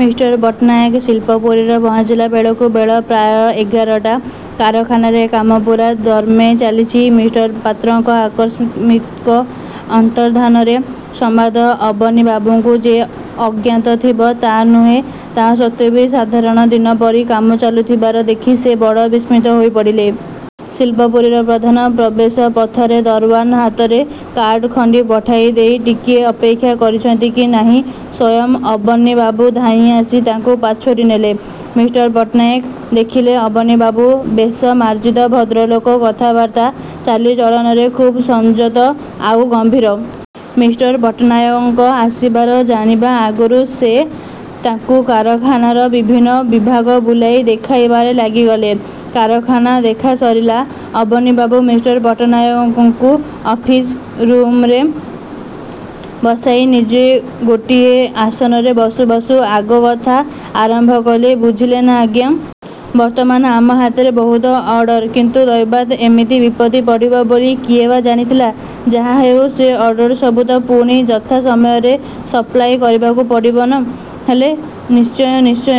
ମି: ପଟ୍ଟନାୟକ ଶିଳ୍ପପୁରୀରେ ପହଞ୍ଚିଲା ବେଳକୁ ବେଳ ପ୍ରାୟ ଏଗାରଟା। କାରଖାନାରେ କାମ ପୂରା ଦମ୍ରେ ଚାଲିଛି। ମି: ପାତ୍ରଙ୍କ ଆକସ୍ମିକ ଅନ୍ତର୍ଦ୍ଧାନରେ ସମ୍ବାଦ ଅବନୀବାବୁଙ୍କୁ ଯେ ଅଜ୍ଞାତ ଥିବ, ତା ନୁହେଁ, ତା ସତ୍ତ୍ୱେ ବି ସାଧାରଣ ଦିନପରି କାମ ଚାଲିଥିବାର ଦେଖି ସେ ବଡ଼ ବିସ୍ମିତ ହୋଇ ପଡ଼ିଲେ। ଶିଳ୍ପପୁରୀର ପ୍ରଧାନ ପ୍ରବେଶ ପଥରେ ଦରଓ୍ୱାନ୍ ହାତରେ କାର୍ଡ଼ ଖଣ୍ଡି ପଠାଇ ଦେଇ ଟିକିଏ ଅପେକ୍ଷା କରିଛନ୍ତି କି ନାହିଁ, ସ୍ୱୟଂ ଅବନୀବାବୁ ଧାଇଁ ଆସି ତାଙ୍କୁ ପାଛୋଟି ନେଲେ। ମି: ପଟ୍ଟନାୟକ ଦେଖିଲେ-ଅବନୀବାବୁ ବେଶ ମାର୍ଜିତ ଭଦ୍ରଲୋକ। କଥାବାର୍ତ୍ତା ଚାଲିଚଳନରେ ଖୁବ୍ ସଂଯତ, ଆଉ ଗମ୍ଭୀର। ମି: ପଟ୍ଟନାୟକଙ୍କ ଆସିବାର ଜାଣିବା ଆଗରୁ ସେ ତାଙ୍କୁ କାରଖାନାର ବିଭିନ୍ନ ବିଭାଗ ବୁଲାଇ ଦେଖାଇବାରେ ଲାଗିଗଲେ। କାରଖାନା ଦେଖା ସରିଲା। ଅବନୀବାବୁ ମି: ପଟ୍ଟନାୟକଙ୍କୁ ଅଫିସ୍ ରୁମ୍ରେ ବସାଇ ନିଜେ ଗୋଟିଏ ଆସନରେ ବସୁ ବସୁ ଆଗ କଥା ଆରମ୍ଭ କଲେ-''ବୁଝିଲେ ନା ଆଜ୍ଞା! ବର୍ତ୍ତମାନ ଆମ ହାତରେ ବହୁତ ଅର୍ଡ଼ର। କିନ୍ତୁ ଦୈବାତ୍ ଏମିତି ବିପତ୍ତି ପଡ଼ିବ ବୋଲି କିଏ ବା ଜାଣିଥିଲା? ଯାହାହେଉ, ସେ ଅର୍ଡ଼ର ସବୁ ତ ପୁଣି ଯଥା ସମୟରେ ସପ୍ଲାଇ କରିବାକୁ ପଡ଼ିବ; ନ ହେଲେ। '' ''ନିଶ୍ଚୟ, ନିଶ୍ଚୟ!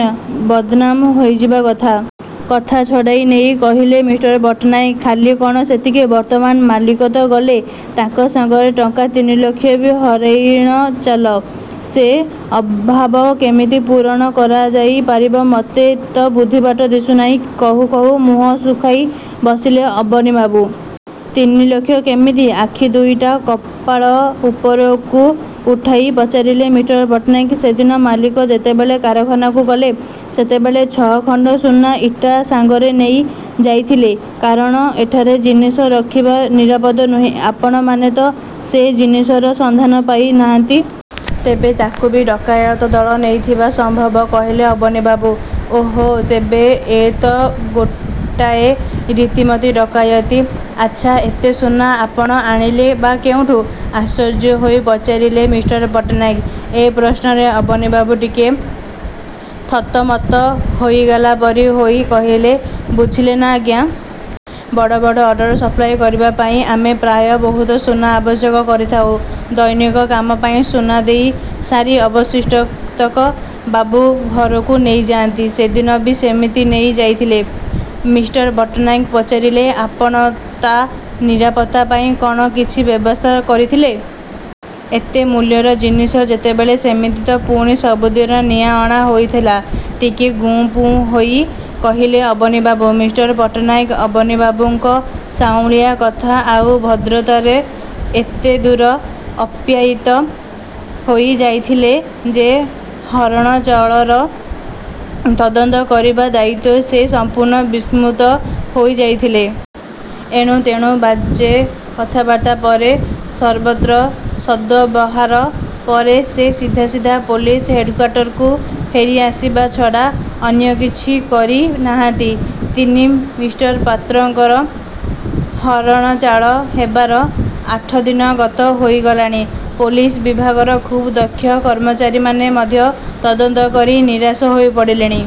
ବଦ୍ନାମ ହୋଇଯିବା କଥା। '' କଥା ଛଡ଼ାଇ ନେଇ କହିଲେ ମି: ପଟ୍ଟନାୟକ। ''ଖାଲି କ'ଣ ସେତିକି! ବର୍ତ୍ତମାନ ମାଲିକ ତ ଗଲେ। ତାଙ୍କ ସଙ୍ଗରେ ଟଙ୍କା ତିନି ଲକ୍ଷ ବି ହରଣଚାଲ। ସେ ଅଭାବ କିମିତି ପୂରଣ କରାଯାଇ ପାରିବ, ମୋତେ ତ ବୁଦ୍ଧିବାଟ ଦିଶୁନାହିଁ! '' କହୁ କହୁ ମୁହଁ ଶୁଖାଇ ବସିଲେ ଅବନୀବାବୁ। ''ତିନି ଲକ୍ଷ! କିମିତି? '' ଆଖି ଦୁଇଟା କପାଳ ଉପରକୁ ଉଠାଇ ପଚାରିଲେ ମି: ପଟ୍ଟନାୟକ। ''ସେଦିନ ମାଲିକ ଯେତେବେଳେ କାରଖାନାରୁ ଗଲେ, ସେତେବେଳେ ଛ'ଖଣ୍ଡ ସୁନା ଇଟା ସାଙ୍ଗରେ ନେଇ ଯାଇଥିଲେ। କାରଣ ଏଠାରେ ଜିନିଷ ରଖିବା ନିରାପଦ ନୁହେଁ। ଆପଣମାନେ ତ ସେ ଜିନିଷର ସନ୍ଧାନ ପାଇ ନାହାନ୍ତି। ତେବେ ତାକୁ ବି ଡକାୟତ ଦଳ ନେଇଥିବା ସମ୍ଭବ। '' କହିଲେ ଅବନୀବାବୁ। ''ଓ ହୋଃ, ତେବେ ଏ ତ ଗୋଟାଏ ରୀତିମତ ଡକାୟତି! ଆଚ୍ଛା, ଏତେ ସୁନା ଆପଣ ଆଣିଲେ ବା କେଉଁଠୁ? '' ଆଶ୍ଚର୍ଯ୍ୟ ହୋଇ ପଚାରିଲେ ମି: ପଟ୍ଟନାୟକ। ଏ ପ୍ରଶ୍ନରେ ଅବନୀବାବୁ ଟିକେ ଥତମତ ହୋଇଗଲା ପରି ହୋଇ କହିଲେ, ''ବୁଝିଲେ ନା ଆଜ୍ଞା! ବଡ଼ ବଡ଼ ଅର୍ଡ଼ର ସପ୍ଲାଇ କରିବା ପାଇଁ ଆମେ ପ୍ରାୟ ବହୁତ ସୁନା ଆବଶ୍ୟକ କରିଥାଉଁ-। ଦୈନିକ କାମ ପାଇଁ ସୁନା ଦେଇ ସାରି ଅବଶିଷ୍ଟତକ ବାବୁ ଘରକୁ ନେଇ ଯାଆନ୍ତି। ସେଦିନ ବି ସେମିତି ନେଇ ଯାଇଥିଲେ। '' ମି: ପଟ୍ଟନାୟକ ପଚାରିଲେ-''ଆପଣ ତା' ନିରାପତ୍ତା ପାଇଁ କ'ଣ କିଛି ବ୍ୟବସ୍ଥା କରିଥିଲେ? ଏତେ ମୂଲ୍ୟର ଜିନିଷ ଯେତେବେଳେ। '' ''ସେମିତି ତ ପୁଣି ସବୁଦିନ ନିଆଅଣା ହେଉଥିଲା। '' ଟିକିଏ ଗୁଁ ପୁଁ ହୋଇ କହିଲେ ଅବନୀବାବୁ। ମି: ପଟ୍ଟନାୟକ ଅବନୀବାବୁଙ୍କ ସାଉଁଳିଆ କଥା ଆଉ ଭଦ୍ରତାରେ ଏତେଦୂର ଆପ୍ୟାୟିତ ହୋଇ ଯାଇଥିଲେ ଯେ ହରଣଚାଳର ତଦନ୍ତ କରିବା ଦାୟିତ୍ୱ ସେ ସମ୍ପୂର୍ଣ୍ଣ ବିସ୍ମୃତ ହୋଇ ଯାଇଥିଲେ। ଏଣୁ ତେଣୁ ବାଜେ କଥାବାର୍ତ୍ତା ପରେ ସରବତ୍ର ସଦ୍ବ୍ୟବହାର ପରେ ସେ ସିଧା ସିଧା ପୋଲିସ୍ ହେଡ଼୍କ୍ୱାଟର୍ସକୁ ଫେରି ଆସିବା ଛଡ଼ା ଅନ୍ୟ କିଛି କରି ନାହାନ୍ତି। -ତିନି- ମି: ପାତ୍ରଙ୍କର ହରଣଚାଳ ହେବାର ଆଠଦିନ ଗତ ହୋଇ ଗଲାଣି। ପୋଲିସ ବିଭାଗର ଖୁବ୍ ଦକ୍ଷ କର୍ମଚାରୀମାନେ ମଧ୍ୟ ତଦନ୍ତ କରି ନିରାଶ ହୋଇ ପଡ଼ିଲେଣି।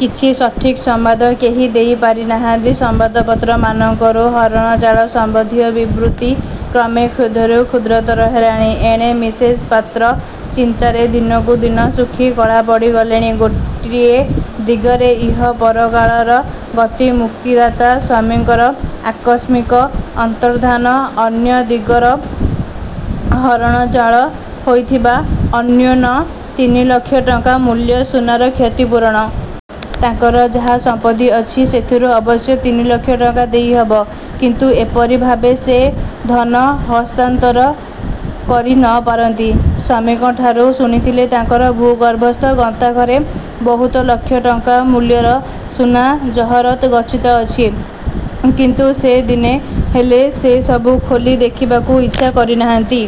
କିଛି ସଠିକ ସମ୍ବାଦ କେହି ଦେଇ ପାରି ନାହାନ୍ତି। ସମ୍ବାଦପତ୍ରମାନଙ୍କରୁ ହରଣଚାଳ ସମ୍ବନ୍ଧୀୟ ବିବୃତି କ୍ରମେ କ୍ଷୁଦ୍ରରୁ କ୍ଷୁଦ୍ରତର ହେଲାଣି। ଏଣେ ମିସେସ୍ ପାତ୍ର ଚିନ୍ତାରେ ଦିନକୁ ଦିନ ଶୁଖି କଳା ପଡ଼ି ଗଲେଣି। ଗୋଟିଏ ଦିଗରେ ଇହପରକାଳର ଗତିମୁକ୍ତିଦାତା ସ୍ୱାମୀଙ୍କର ଆକସ୍ମିକ ଅନ୍ତର୍ଦ୍ଧାନ, ଅନ୍ୟ ଦିଗରେ ହରଣଚାଳ ହୋଇଥିବା ଅନ୍ୟୁନ ତିନିଲକ୍ଷ ଟଙ୍କା ମୂଲ୍ୟ ସୁନାର କ୍ଷତିପୂରଣ। ତାଙ୍କର ଯାହା ସମ୍ପତ୍ତି ଅଛି ସେଥିରୁ ଅବଶ୍ୟ ତିନି ଲକ୍ଷ ଟଙ୍କା ଦେଇ ହେବ, କିନ୍ତୁ ଏପରି ଭାବେ ସେ ଧନ ହସ୍ତାନ୍ତର କରି ନ ପାରନ୍ତି। ସ୍ୱାମୀଙ୍କଠାରୁ ଶୁଣିଥିଲେ-ତାଙ୍କର ଭୂ-ଗର୍ଭସ୍ଥ ଗନ୍ତାଘରେ ବହୁ ଲକ୍ଷ ଟଙ୍କା ମୂଲ୍ୟର ସୁନା ଜହରତ୍ ଗଚ୍ଛିତ ଅଛି। କିନ୍ତୁ ସେ ଦିନେ ହେଲେ ସେ ସବୁ ଖୋଲି ଦେଖିବାକୁ ଇଚ୍ଛା କରି ନାହାନ୍ତି।